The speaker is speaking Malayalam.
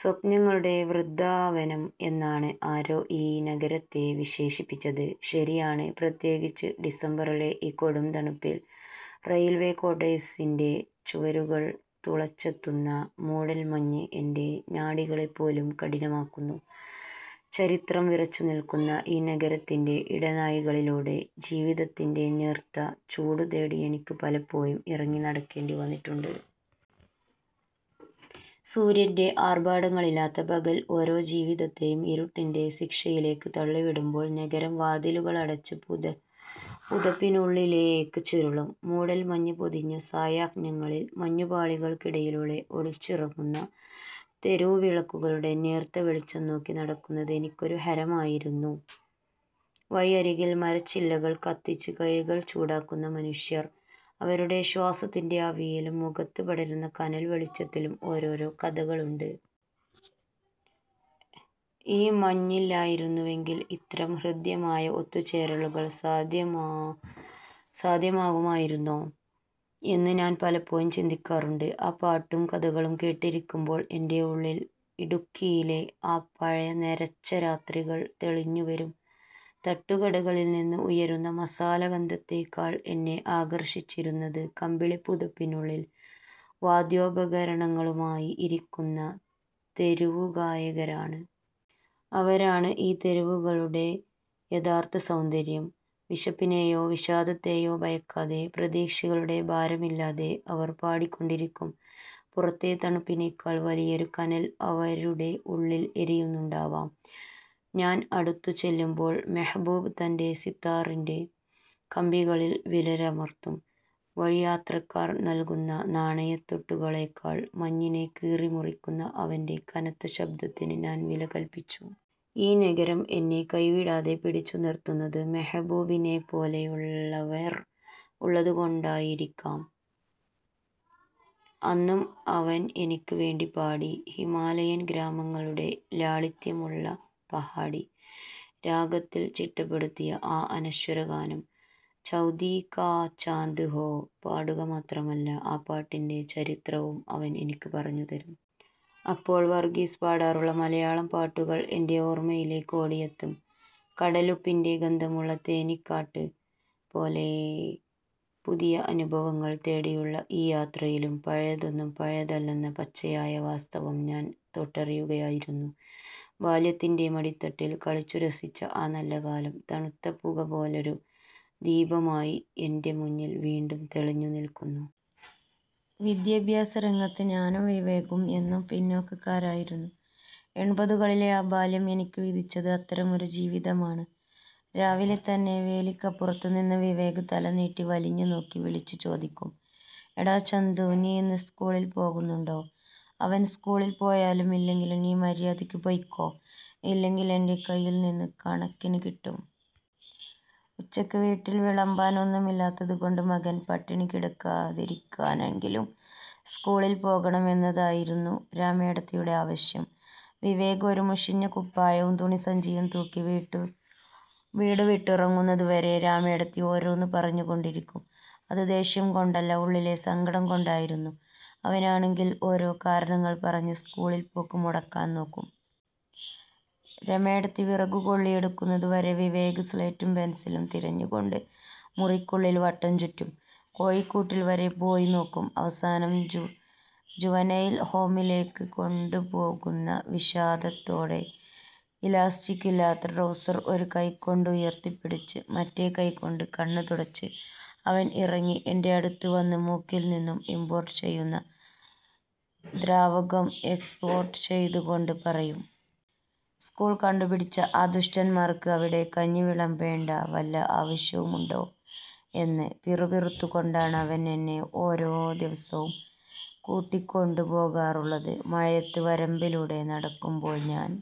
സ്വപ്നങ്ങളുടെ വൃദ്ധാവനം എന്നാണ് ആരോ ഈ നഗരത്തെ വിശേഷിപ്പിച്ചത്. ശരിയാണ്, പ്രത്യേകിച്ച് ഡിസംബറിലെ ഈ കൊടും തണുപ്പിൽ. റെയിൽവേ ക്വാർട്ടേഴ്സിന്റെ ചുവരുകൾ തുളച്ചെത്തുന്ന മൂടൽമഞ്ഞ് എന്റെ നാഡികളെപ്പോലും കഠിനമാക്കുന്നു. ചരിത്രം വിറച്ചുനിൽക്കുന്ന ഈ നഗരത്തിന്റെ ഇടനാഴികളിലൂടെ, ജീവിതത്തിന്റെ നേർത്ത ചൂടുതേടി എനിക്ക് പലപ്പോഴും ഇറങ്ങി നടക്കേണ്ടി വന്നിട്ടുണ്ട്. സൂര്യന്റെ ആർഭാടങ്ങളില്ലാത്ത പകൽ ഓരോ ജീവിതത്തെയും ഇരുട്ടിന്റെ ശിക്ഷയിലേക്ക് തള്ളിവിടുമ്പോൾ, നഗരം വാതിലുകളടച്ച് പുതപ്പിനുള്ളിലേക്ക് ചുരുളും. മൂടൽമഞ്ഞ് പൊതിഞ്ഞ സായാഹ്നങ്ങളിൽ, മഞ്ഞുപാളികൾക്കിടയിലൂടെ ഒളിച്ചിറങ്ങുന്ന തെരുവുവിളക്കുകളുടെ നേർത്ത വെളിച്ചം നോക്കി നടക്കുന്നത് എനിക്കൊരു ഹരമായിരുന്നു. വഴിയരികിൽ മരച്ചില്ലകൾ കത്തിച്ച് കൈകൾ ചൂടാക്കുന്ന മനുഷ്യർ. അവരുടെ ശ്വാസത്തിന്റെ ആവിയിലും, മുഖത്ത് പടരുന്ന കനൽ വെളിച്ചത്തിലും ഓരോരോ കഥകളുണ്ട്. ഈ മഞ്ഞില്ലായിരുന്നുവെങ്കിൽ ഇത്തരം ഹൃദ്യമായ ഒത്തുചേരലുകൾ സാധ്യമാകുമായിരുന്നോ എന്ന് ഞാൻ പലപ്പോഴും ചിന്തിക്കാറുണ്ട്. ആ പാട്ടും കഥകളും കേട്ടിരിക്കുമ്പോൾ എന്റെ ഉള്ളിൽ ഇടുക്കിയിലെ ആ പഴയ നരച്ച രാത്രികൾ തെളിഞ്ഞുവരും. തട്ടുകടകളിൽ നിന്ന് ഉയരുന്ന മസാലഗന്ധത്തേക്കാൾ എന്നെ ആകർഷിച്ചിരുന്നത്, കമ്പിളി പുതപ്പിനുള്ളിൽ വാദ്യോപകരണങ്ങളുമായി ഇരിക്കുന്ന തെരുവുഗായകരാണ്. അവരാണ് ഈ തെരുവുകളുടെ യഥാർത്ഥ സൗന്ദര്യം. വിശപ്പിനെയോ വിഷാദത്തെയോ ഭയക്കാതെ, പ്രതീക്ഷകളുടെ ഭാരമില്ലാതെ അവർ പാടിക്കൊണ്ടിരിക്കും. പുറത്തെ തണുപ്പിനേക്കാൾ വലിയൊരു കനൽ അവരുടെ ഉള്ളിൽ എരിയുന്നുണ്ടാവാം. ഞാൻ അടുത്തുചെല്ലുമ്പോൾ മെഹബൂബ് തന്റെ സിത്താറിന്റെ കമ്പികളിൽ വിരലമർത്തും. വഴിയാത്രക്കാർ നൽകുന്ന നാണയത്തുട്ടുകളേക്കാൾ, മഞ്ഞിനെ കീറിമുറിക്കുന്ന അവന്റെ കനത്ത ശബ്ദത്തിന് ഞാൻ വിലകല്പിച്ചു. ഈ നഗരം എന്നെ കൈവിടാതെ പിടിച്ചുനിർത്തുന്നത് മെഹബൂബിനെപ്പോലെയുള്ളവർ ഉള്ളതുകൊണ്ടായിരിക്കാം. അന്നും അവൻ എനിക്ക് വേണ്ടി പാടി; ഹിമാലയൻ ഗ്രാമങ്ങളുടെ ലാളിത്യമുള്ള പഹാഡി രാഗത്തിൽ ചിട്ടപ്പെടുത്തിയ ആ അനശ്വര ഗാനം "ചൗദ്വീ കാ ചാന്ദ് ഹോ... " പാടുക മാത്രമല്ല, ആ പാട്ടിന്റെ ചരിത്രവും അവൻ എനിക്ക് പറഞ്ഞുതരും. അപ്പോൾ വർഗ്ഗീസ് പാടാറുള്ള മലയാളം പാട്ടുകൾ എന്റെ ഓർമ്മയിലേക്ക് ഓടിയെത്തും, കടലുപ്പിൻ്റെ ഗന്ധമുള്ള തേനിക്കാട്ട് പോലെ. പുതിയ അനുഭവങ്ങൾ തേടിയുള്ള ഈ യാത്രയിലും പഴയതൊന്നും പഴയതല്ലെന്ന പച്ചയായ വാസ്തവം ഞാൻ തൊട്ടറിയുകയായിരുന്നു. ബാല്യത്തിന്റെ മടിത്തട്ടിൽ കളിച്ചുരസിച്ച ആ നല്ലകാലം, തണുത്ത പുകപോലൊരു ദീപമായി എന്റെ മുന്നിൽ വീണ്ടും തെളിഞ്ഞുനിൽക്കുന്നു. വിദ്യാഭ്യാസരംഗത്ത് ഞാനും വിവേകും എന്നും പിന്നോക്കക്കാരായിരുന്നു. എൺപതുകളിലെ ആ ബാല്യം എനിക്ക് വിധിച്ചത് അത്തരമൊരു ജീവിതമാണ്. രാവിലെ തന്നെ വേലിക്കപ്പുറത്തുനിന്ന് വിവേക് തല നീട്ടി വലിഞ്ഞുനോക്കി വിളിച്ചു ചോദിക്കും: "എടാ ചന്തൂ, നീ ഇന്ന് സ്കൂളിൽ പോകുന്നുണ്ടോ? " അവൻ സ്കൂളിൽ പോയാലും ഇല്ലെങ്കിലും "നീ മര്യാദയ്ക്ക് പൊയ്ക്കോ, ഇല്ലെങ്കിൽ എന്റെ കയ്യിൽ നിന്ന് കണക്കിന് കിട്ടും. " ഉച്ചയ്ക്ക് വീട്ടിൽ വിളമ്പാൻ ഒന്നുമില്ലാത്തതുകൊണ്ട്, മകൻ പട്ടിണി കിടക്കാതിരിക്കാനെങ്കിലും സ്കൂളിൽ പോകണമെന്നതായിരുന്നു രമേടത്തിയുടെ ആവശ്യം. വിവേക് ഒരു മുഷിഞ്ഞ കുപ്പായവും തുണിസഞ്ചിയും തൂക്കി വീടുവിട്ടിറങ്ങുന്നതുവരെ രമേടത്തി ഓരോന്ന് പറഞ്ഞുകൊണ്ടിരിക്കും. അത് ദേഷ്യം കൊണ്ടല്ല, ഉള്ളിലെ സങ്കടം കൊണ്ടായിരുന്നു. അവനാണെങ്കിൽ ഓരോ കാരണങ്ങൾ പറഞ്ഞ് സ്കൂളിൽ പോക്ക് മുടക്കാൻ നോക്കും. രമേടത്തി വിറകുകൊള്ളി എടുക്കുന്നത് വരെ വിവേക് സ്ലേറ്റും പെൻസിലും തിരഞ്ഞുകൊണ്ട് മുറിക്കുള്ളിൽ വട്ടം ചുറ്റും. കോഴിക്കൂട്ടിൽ വരെ പോയി നോക്കും. അവസാനം, ജുവനൈൽ ഹോമിലേക്ക് കൊണ്ടുപോകുന്ന വിഷാദത്തോടെ, ഇലാസ്റ്റിക് ഇല്ലാത്ത ട്രൗസർ ഒരു കൈകൊണ്ടുയർത്തിപ്പിടിച്ച്, മറ്റേ കൈകൊണ്ട് കണ്ണ് തുടച്ച് അവൻ ഇറങ്ങി എന്റെ അടുത്ത് വന്ന് മൂക്കിൽ നിന്ന് ഇംപോർട്ട് ചെയ്യുന്ന ദ്രാവകം എക്സ്പോർട്ട് ചെയ്ത്കൊണ്ട് പറയും.. "സ്കൂൾ കണ്ടുപിടിച്ച ആ ദുഷ്ടന്മാർക്ക് അവിടെ കഞ്ഞി വിളമ്പേണ്ട വല്ല ആവശ്യവുമുണ്ടോ? " എന്ന് പിറുപിറുത്തുകൊണ്ടാണ് അവൻ എന്നെ ഓരോ ദിവസവും കൂട്ടിക്കൊണ്ടുപോകാറുള്ളത്. മഴയത്ത് വരമ്പിലൂടെ നടക്കുമ്പോൾ ഞാൻ